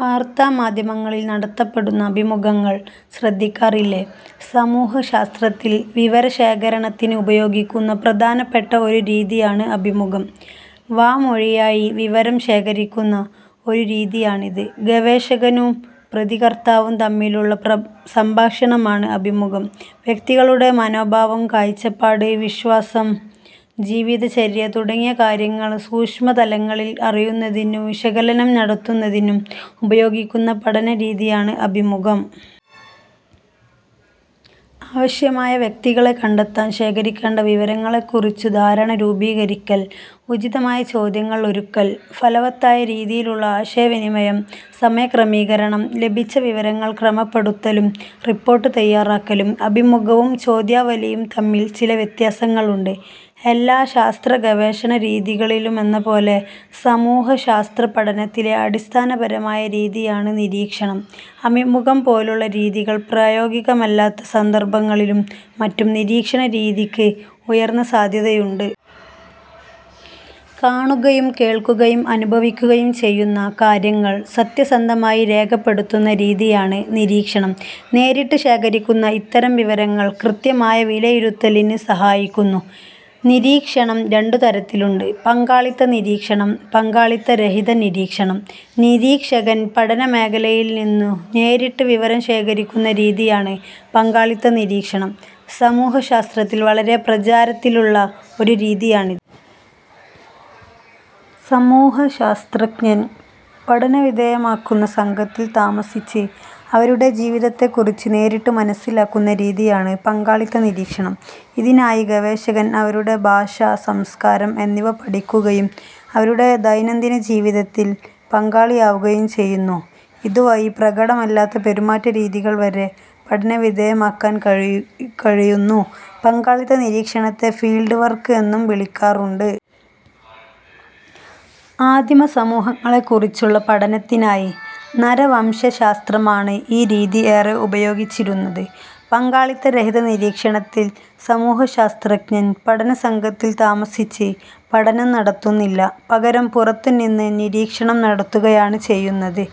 വാർത്താമാധ്യമങ്ങളിൽ നടത്തപ്പെടുന്ന അഭിമുഖങ്ങൾ ശ്രദ്ധിക്കാറില്ലേ. സമൂഹശാസ്ത്രത്തിൽ വിവരശേഖരണത്തിന് ഉപയോഗിക്കുന്ന പ്രധാനപ്പെട്ട ഒരു രീതിയാണ് അഭിമുഖം. വാമൊഴിയായി വിവരം ശേഖരിക്കുന്ന ഒരു രീതിയാണിത്. ഗവേഷകനും പ്രതികർത്താവും തമ്മിലുള്ള സംഭാഷണമാണ് അഭിമുഖം. വ്യക്തികളുടെ മനോഭാവം, കാഴ്ചപ്പാട്, വിശ്വാസം, ജീവിതചര്യ തുടങ്ങിയ കാര്യങ്ങൾ സൂക്ഷ്മതലങ്ങളിൽ അറിയുന്നതിനും വിശകലനം നടത്തുന്നതിനും ഉപയോഗിക്കുന്ന പഠനരീതിയാണ് അഭിമുഖം. ആവശ്യമായ വ്യക്തികളെ കണ്ടെത്തൽ. ശേഖരിക്കേണ്ട വിവരങ്ങളെക്കുറിച്ചു ധാരണ രൂപീകരിക്കൽ. ഉചിതമായ ചോദ്യങ്ങൾ ഒരുക്കൽ. ഫലവത്തായ രീതിയിലുള്ള ആശയവിനിമയം. സമയക്രമീകരണം. ലഭിച്ച വിവരങ്ങൾ ക്രമപ്പെടുത്തലും റിപ്പോർട്ട് തയാറാക്കലും. അഭിമുഖവും ചോദ്യാവലിയും തമ്മിൽ ചില വ്യത്യാസങ്ങളുണ്ട്. എല്ലാ ശാസ്ത്രഗവേഷണ രീതികളിലുമെന്നപോലെ സമൂഹശാസ്ത്ര പഠനത്തിലെ അടിസ്ഥാനപരമായ രീതിയാണ് നിരീക്ഷണം. അഭിമുഖം പോലുള്ള രീതികൾ പ്രായോഗികമല്ലാത്ത സന്ദർഭങ്ങളിലും മറ്റും നിരീക്ഷണരീതിക്ക് ഉയർന്ന സാധ്യതയുണ്ട്. കാണുകയും കേൾക്കുകയും അനുഭവിക്കുകയും ചെയ്യുന്ന കാര്യങ്ങൾ സത്യസന്ധമായി രേഖപ്പെടുത്തുന്ന രീതിയാണ് നിരീക്ഷണം. നേരിട്ട് ശേഖരിക്കുന്ന ഇത്തരം വിവരങ്ങൾ കൃത്യമായ വിലയിരുത്തലിന് സഹായിക്കുന്നു. നിരീക്ഷണം രണ്ടു തരത്തിലുണ്ട്.. പങ്കാളിത്ത നിരീക്ഷണം. പങ്കാളിത്തരഹിതനിരീക്ഷണം നിരീക്ഷകൻ പഠനമേഖലയിൽനിന്നു നേരിട്ട് വിവരം ശേഖരിക്കുന്ന രീതിയാണ് പങ്കാളിത്തനിരീക്ഷണം. സമൂഹശാസ്ത്രത്തിൽ വളരെ പ്രചാരത്തിലുള്ള ഒരു രീതിയാണിത്. സമൂഹശാസ്ത്രജ്ഞൻ പഠനവിധേയമാക്കുന്ന സംഘത്തിൽ താമസിച്ച് അവരുടെ ജീവിതത്തെക്കുറിച്ച് നേരിട്ട് മനസ്സിലാക്കുന്ന രീതിയാണ് പങ്കാളിത്തനിരീക്ഷണം. ഇതിനായി ഗവേഷകൻ അവരുടെ ഭാഷ, സംസ്കാരം എന്നിവ പഠിക്കുകയും അവരുടെ ദൈനംദിന ജീവിതത്തിൽ പങ്കാളിയാവുകയും ചെയ്യുന്നു. ഇതുവഴി പ്രകടമല്ലാത്ത പെരുമാറ്റരീതികൾ വരെ പഠനവിധേയമാക്കാൻ കഴിയുന്നു. പങ്കാളിത്തനിരീക്ഷണത്തെ ഫീൽഡ് വർക്ക് എന്നും വിളിക്കാറുണ്ട്. ആദിമ സമൂഹങ്ങളെക്കുറിച്ചുള്ള പഠനത്തിനായി നരവംശശാസ്ത്രമാണ് ഈ രീതി ഏറെ ഉപയോഗിച്ചിരുന്നത്. പങ്കാളിത്തരഹിത നിരീക്ഷണത്തിൽ സമൂഹശാസ്ത്രജ്ഞൻ പഠനസംഘത്തിൽ താമസിച്ച് പഠനം നടത്തുന്നില്ല. പകരം പുറത്തുനിന്ന് നിരീക്ഷണം നടത്തുകയാണ് ചെയ്യുന്നത്.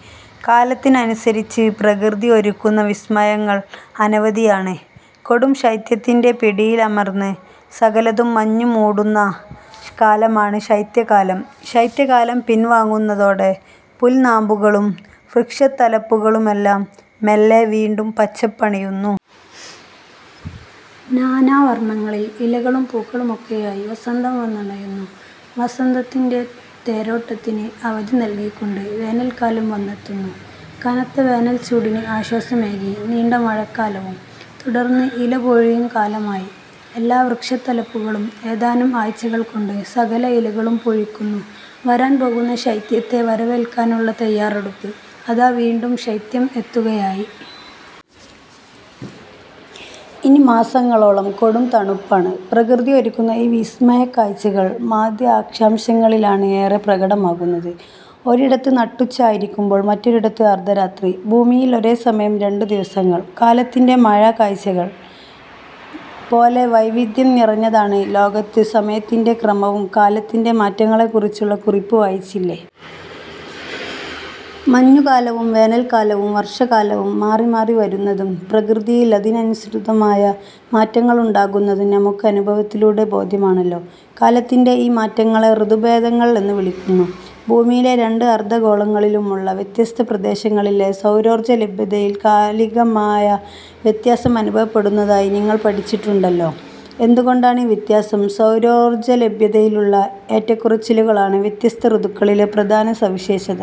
കാലത്തിനനുസരിച്ച് പ്രകൃതി ഒരുക്കുന്ന വിസ്മയങ്ങൾ അനവധിയാണ്. കൊടും ശൈത്യത്തിന്റെ പിടിയിലമർന്ന് സകലതും മഞ്ഞുമൂടുന്ന കാലമാണ് ശൈത്യകാലം, ശൈത്യകാലം പിൻവാങ്ങുന്നതോടെ പുൽനാമ്പുകളും വൃക്ഷത്തലപ്പുകളുമെല്ലാം മെല്ലെ വീണ്ടും പച്ചപ്പണിയുന്നു. നാനാവർണങ്ങളിൽ ഇലകളും പൂക്കളുമൊക്കെയായി വസന്തം വന്നണയുന്നു. വസന്തത്തിന്റെ തേരോട്ടത്തിന് അവധി നൽകിക്കൊണ്ട് വേനൽക്കാലം വന്നെത്തുന്നു. കനത്ത വേനൽചൂടിന് ആശ്വാസമേകി നീണ്ട മഴക്കാലവും. തുടർന്ന് ഇലപൊഴിയും കാലമായി. എല്ലാ വൃക്ഷത്തലപ്പുകളും ഏതാനും ആഴ്ചകൾ കൊണ്ട് സകല ഇലകളും പൊഴിക്കുന്നു; വരാൻ പോകുന്ന ശൈത്യത്തെ വരവേൽക്കാനുള്ള തയാറെടുപ്പ്. അതാ വീണ്ടും ശൈത്യം എത്തുകയായി. ഇനി മാസങ്ങളോളം കൊടും തണുപ്പാണ്. പ്രകൃതി ഒരുക്കുന്ന ഈ വിസ്മയക്കാഴ്ചകൾ മധ്യ അക്ഷാംശങ്ങളിലാണ് ഏറെ പ്രകടമാകുന്നത്. ഒരിടത്ത് നട്ടുച്ച ആയിരിക്കുമ്പോൾ മറ്റൊരിടത്ത് അർധരാത്രി. ഭൂമിയിൽ ഒരേസമയം രണ്ടു ദിവസങ്ങൾ കാലത്തിന്റെ മായക്കാഴ്ചകൾ പോലെ വൈവിധ്യം നിറഞ്ഞതാണ് ലോകത്ത് സമയത്തിന്റെ ക്രമവും. കാലത്തിന്റെ മാറ്റങ്ങളെക്കുറിച്ചുള്ള കുറിപ്പ് വായിച്ചില്ലേ. മഞ്ഞുകാലവും വേനൽക്കാലവും വർഷകാലവും മാറിമാറി വരുന്നതും പ്രകൃതിയിൽ അതിനനുസൃതമായ മാറ്റങ്ങളുണ്ടാകുന്നതും നമുക്ക് അനുഭവത്തിലൂടെ ബോധ്യമാണല്ലോ. കാലത്തിന്റെ ഈ മാറ്റങ്ങളെ ഋതുഭേദങ്ങൾ എന്നു വിളിക്കുന്നു. ഭൂമിയിലെ രണ്ട് അർധഗോളങ്ങളിലുമുള്ള വ്യത്യസ്ത പ്രദേശങ്ങളിലെ സൗരോർജ ലഭ്യതയിൽ കാലികമായ വ്യത്യാസം അനുഭവപ്പെടുന്നതായി നിങ്ങൾ പഠിച്ചിട്ടുണ്ടല്ലോ. എന്തുകൊണ്ടാണീ വ്യത്യാസം? സൗരോർജലഭ്യതയിലുള്ള ഏറ്റക്കുറച്ചിലുകളാണ് വ്യത്യസ്ത ഋതുക്കളിലെ പ്രധാന സവിശേഷത.